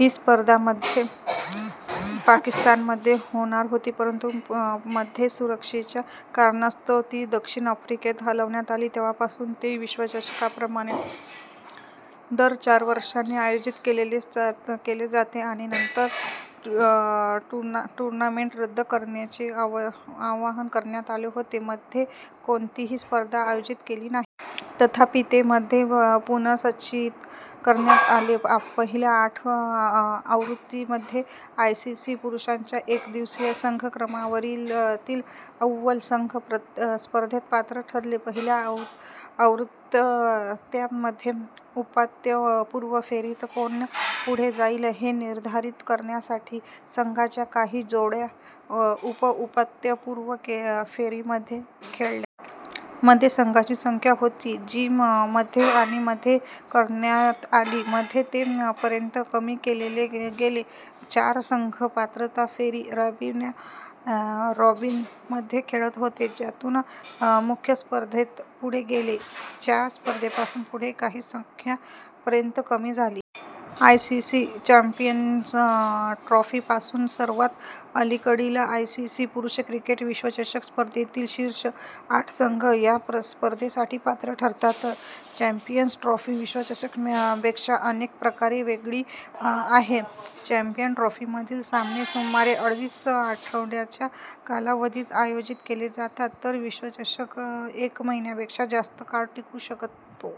ही स्पर्धा मध्ये पाकिस्तानमध्ये होणार होती परंतु मध्ये सुरक्षेच्या कारणास्तव ती दक्षिण आफ्रिकेत हलवण्यात आली. तेव्हापासून ते विश्वचषकाप्रमाणे दर चार वर्षांनी आयोजित केले जाते. आणि नंतर टूर्नामेंट रद्द करण्याचे आवाहन करण्यात आले होते, मध्ये कोणतीही स्पर्धा आयोजित केली नाही. तथापि, ते मध्ये पुनर्संचयित करण्यात आले. पहिल्या आठ आवृत्त्यांमध्ये, आयसीसी पुरुषांच्या एकदिवसीय संघ क्रमवारीतील अव्वल संघ स्पर्धेत पात्र ठरले. पहिल्या आवृत्त्यांमध्ये, उपांत्यपूर्व फेरीत कोण पुढे जाईल हे निर्धारित करण्यासाठी संघांच्या काही जोड्या उप-उपांत्यपूर्व फेरीमध्ये खेळल्या. मध्ये संघांची संख्या होती, जी मध्ये आणि मध्ये करण्यात आली. मध्ये, ते पर्यंत कमी केले गेले, चार संघ पात्रता फेरी-रॉबिनमध्ये खेळत होते ज्यातून मुख्य स्पर्धेत पुढे गेले. च्या स्पर्धेपासून पुढे ही संख्या पर्यंत कमी झाली. आयसीसी चॅम्पियन्स ट्रॉफी पासून, सर्वात अलीकडील आयसीसी पुरुष क्रिकेट विश्वचषक स्पर्धेतील शीर्ष आठ संघ या स्पर्धेसाठी पात्र ठरतात. चॅम्पियन्स ट्रॉफी विश्वचषकापेक्षा अनेक प्रकारे वेगळी आहे. चॅम्पियन्स ट्रॉफीमधील सामने सुमारे अडीच आठवड्यांच्या कालावधीत आयोजित केले जातात, तर विश्वचषक एक महिन्यापेक्षा जास्त काळ टिकू शकतो.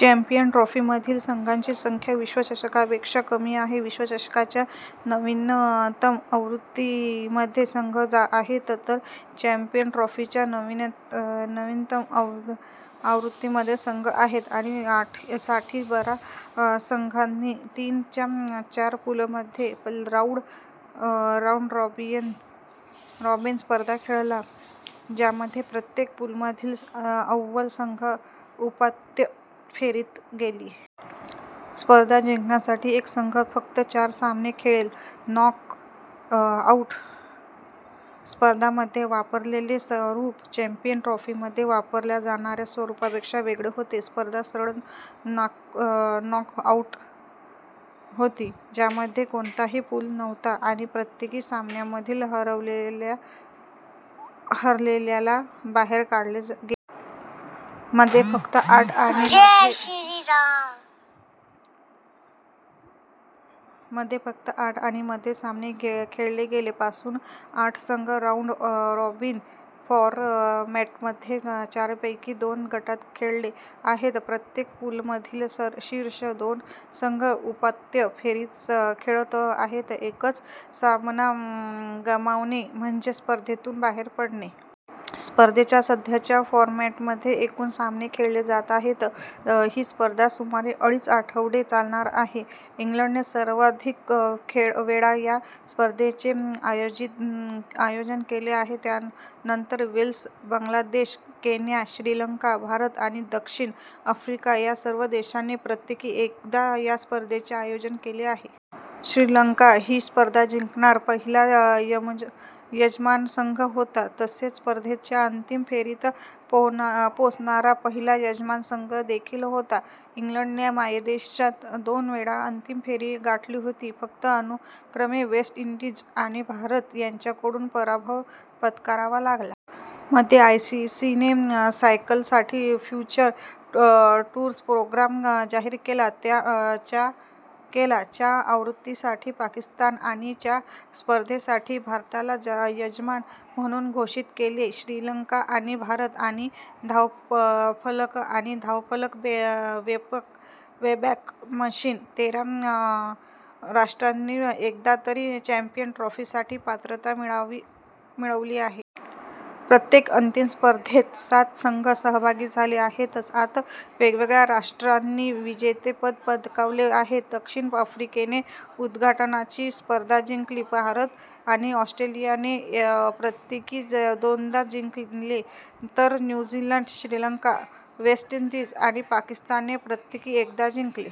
चॅम्पियन्स ट्रॉफीमधील संघांची संख्या विश्वचषकापेक्षा कमी आहे, विश्वचषकाच्या नवीनतम आवृत्तीमध्ये संघ आहेत तर चॅम्पियन्स ट्रॉफीच्या नवीनतम आवृत्तीमध्ये संघ आहेत. आणि साठी, बारा संघांनी तीनच्या चार पूलमध्ये राऊंड-रॉबिन स्पर्धा खेळला, ज्यामध्ये प्रत्येक पूलमधील अव्वल संघ उपांत्य फेरीत गेला. स्पर्धा जिंकण्यासाठी एक संघ फक्त चार सामने खेळेल. नॉक आउट स्पर्धांमध्ये वापरलेले स्वरूप चॅम्पियन्स ट्रॉफीमध्ये वापरल्या जाणाऱ्या स्वरूपापेक्षा वेगळे होते. स्पर्धा सरळ नॉकआउट होती, ज्यामध्ये कोणताही पूल नव्हता आणि प्रत्येक सामन्यामधील हरलेल्याला बाहेर काढले गेले. मध्ये फक्त आठ आणि मध्ये सामने खेळले गेले. पासून, आठ संघ राऊंड-रॉबिन फॉरमॅटमध्ये चारपैकी दोन गटात खेळले आहेत, प्रत्येक पूलमधील शीर्ष दोन संघ उपांत्य फेरीत खेळत आहेत. एकच सामना गमावणे म्हणजे स्पर्धेतून बाहेर पडणे. स्पर्धेच्या सध्याच्या फॉरमॅटमध्ये एकूण सामने खेळले जात आहेत, ही स्पर्धा सुमारे अडीच आठवडे चालणार आहे. इंग्लंडने सर्वाधिक वेळा या स्पर्धेचे आयोजन केले आहे त्यानंतर वेल्स. बांगलादेश, केन्या, श्रीलंका, भारत आणि दक्षिण आफ्रिका या सर्व देशांनी प्रत्येकी एकदा या स्पर्धेचे आयोजन केले आहे. श्रीलंका ही स्पर्धा जिंकणारा पहिला यजमान संघ होता, तसेच स्पर्धेच्या अंतिम फेरीत पोहोचणारा पहिला यजमान संघ देखील होता. इंग्लंडने मायदेशात दोन वेळा अंतिम फेरी गाठली होती, फक्त अनुक्रमे वेस्ट इंडीज आणि भारत यांच्याकडून पराभव पत्करावा लागला. मध्ये; आयसीसीने सायकलसाठी फ्युचर टूर्स प्रोग्राम जाहीर केला, च्या आवृत्तीसाठी पाकिस्तान आणि च्या स्पर्धेसाठी भारताला यजमान म्हणून घोषित केले. श्रीलंका / आणि / भारत / आणि / धावफलक आणि धावफलक वेबॅक मशीन. तेरा राष्ट्रांनी एकदा तरी चॅम्पियन्स ट्रॉफीसाठी पात्रता मिळवली आहे. प्रत्येक अंतिम स्पर्धेत सात संघ सहभागी झाले आहेत. सात वेगवेगळ्या राष्ट्रांनी विजेतेपद पटकावले आहे. दक्षिण आफ्रिकेने उद्घाटनाची स्पर्धा जिंकली, भारत आणि ऑस्ट्रेलियाने प्रत्येकी दोनदा जिंकले, तर new Zealand, Sri Lanka, West Indies आणि पाकिस्तानने प्रत्येकी एकदा जिंकले.